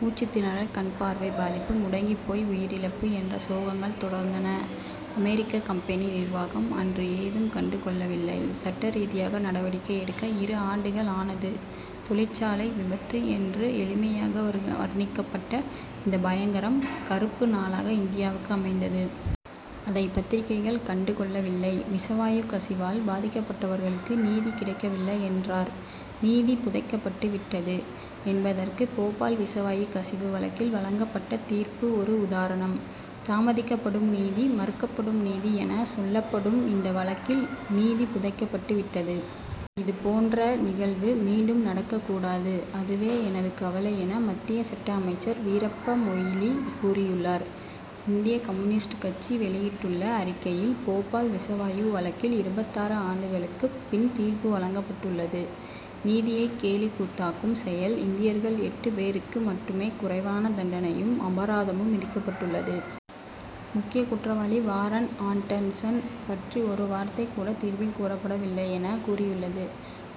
மூச்சுத்திணறல், கண் பார்வை பாதிப்பு, முடங்கிப் போய் உயிர்இழப்பு என்று சோகங்கள் தொடர்ந்தன. அமெரிக்க கம்பெனி நிர்வாகம் அன்று ஏதும் கண்டு கொள்ளவில்லை. சட்டரீதியாக நடவடிக்கை எடுக்க இரு ஆண்டுகள் ஆனது. தொழிற்சாலை விபத்து என்று எளிமையாக வர்ணிக்கப்பட்ட இந்த பயங்கரம், கறுப்பு நாளாக இந்தியாவுக்கு அமைந்தது. அதைப் பத்திரிகைகள் கண்டு கொள்ளவில்லை. விஷவாயு கசிவால் பாதிக்கப்பட்டவர்களுக்கு நீதி கிடைக்கவில்லை என்றார். நீதி புதைக்கப்பட்டு விட்டது என்பதற்கு போபால் விஷவாயு கசிவு வழக்கில் வழங்கப்பட்ட தீர்ப்பு ஒரு உதாரணம். தாமதிக்கப்படும் நீதி, மறுக்கப்படும் நீதி என, சொல்லப்படும். இந்த வழக்கில் நீதி புதைக்கப் பட்டு விட்டது. இதுபோன்ற நிகழ்வு மீண்டும் நடக்கக் கூடாது. அதுவே எனது கவலை என, மத்திய சட்ட அமைச்சர் வீரப்ப மொய்லி கூறியுள்ளார். இந்திய கம்யூனிஸ்ட் கட்சி வெளியிட்டுள்ள அறிக்கையில், போபால் விஷவாயு வழக்கில் இருபத்தாறு ஆண்டுகளுக்குப் பின் தீர்ப்புவழங்கப் பட்டுள்ளது நீதியை கேலிக் கூத்தாக்கும் செயல். இந்தியர்கள் எட்டு பேருக்கு மட்டுமே குறைவான தண்டனையும், அபராதமும் விதிக்கப்பட்டுள்ளது. முக்கிய குற்றவாளி வாரன் ஆண்டன்சன் பற்றி ஒரு வார்த்தை கூட தீர்ப்பில் கூறப்படவில்லை என, கூறியுள்ளது.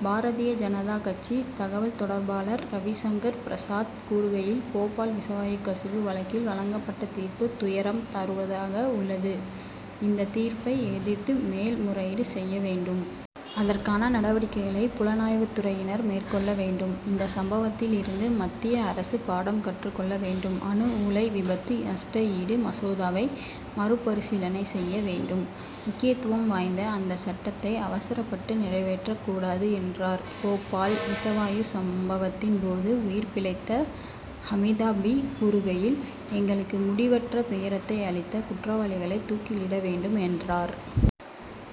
பாரதிய ஜனதா கட்சி தகவல் தொடர்பாளர் ரவிசங்கர் பிரசாத் கூறுகையில், போபால் விஷவாயு கசிவு வழக்கில் வழங்கப்பட்ட தீர்ப்பு துயரம் தருவதாக உள்ளது. இந்தத் தீர்ப்பை எதிர்த்து மேல் முறையீடு செய்ய வேண்டும். அதற்கான நடவடிக்கைகளை புலனாய்வுத் துறையினர் மேற்கொள்ள வேண்டும். இந்த சம்பவத்தில் இருந்து மத்திய அரசு பாடம் கற்றுக் கொள்ள வேண்டும். அணு உலை விபத்து நஷ்டஈடு மசோதாவை மறுபரிசீலனை செய்ய வேண்டும். முக்கியத்துவம் வாய்ந்த அந்தச் சட்டத்தை அவசரப்பட்டு நிறைவேற்றக் கூடாது என்றார். போபால் விஷவாயு சம்பவத்தின் போது, உயிர் பிழைத்த ஹமீதா பீ கூறுகையில், எங்களுக்கு முடிவற்ற துயரத்தை அளித்த குற்றவாளிகளை தூக்கிலிட வேண்டும் என்றார்.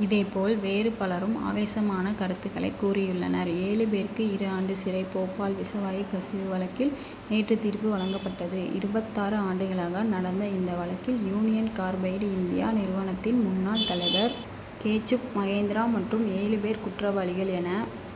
இதேபோல், வேறு பலரும் ஆவேசமான கருத்துக்களைக் கூறியுள்ளனர். ஏழு பேருக்கு இரு ஆண்டு சிறை போபால் விஷவாயு கசிவு வழக்கில் நேற்று தீர்ப்பு வழங்கப்பட்டது. இருபத்தாறு ஆண்டுகளாக நடந்த இந்த வழக்கில், யூனியன் கார்பைடு இந்தியா நிறுவனத்தின் முன்னாள் தலைவர் கேச்சுப் மகேந்திரா மற்றும் ஏழு பேர் குற்றவாளிகள் என,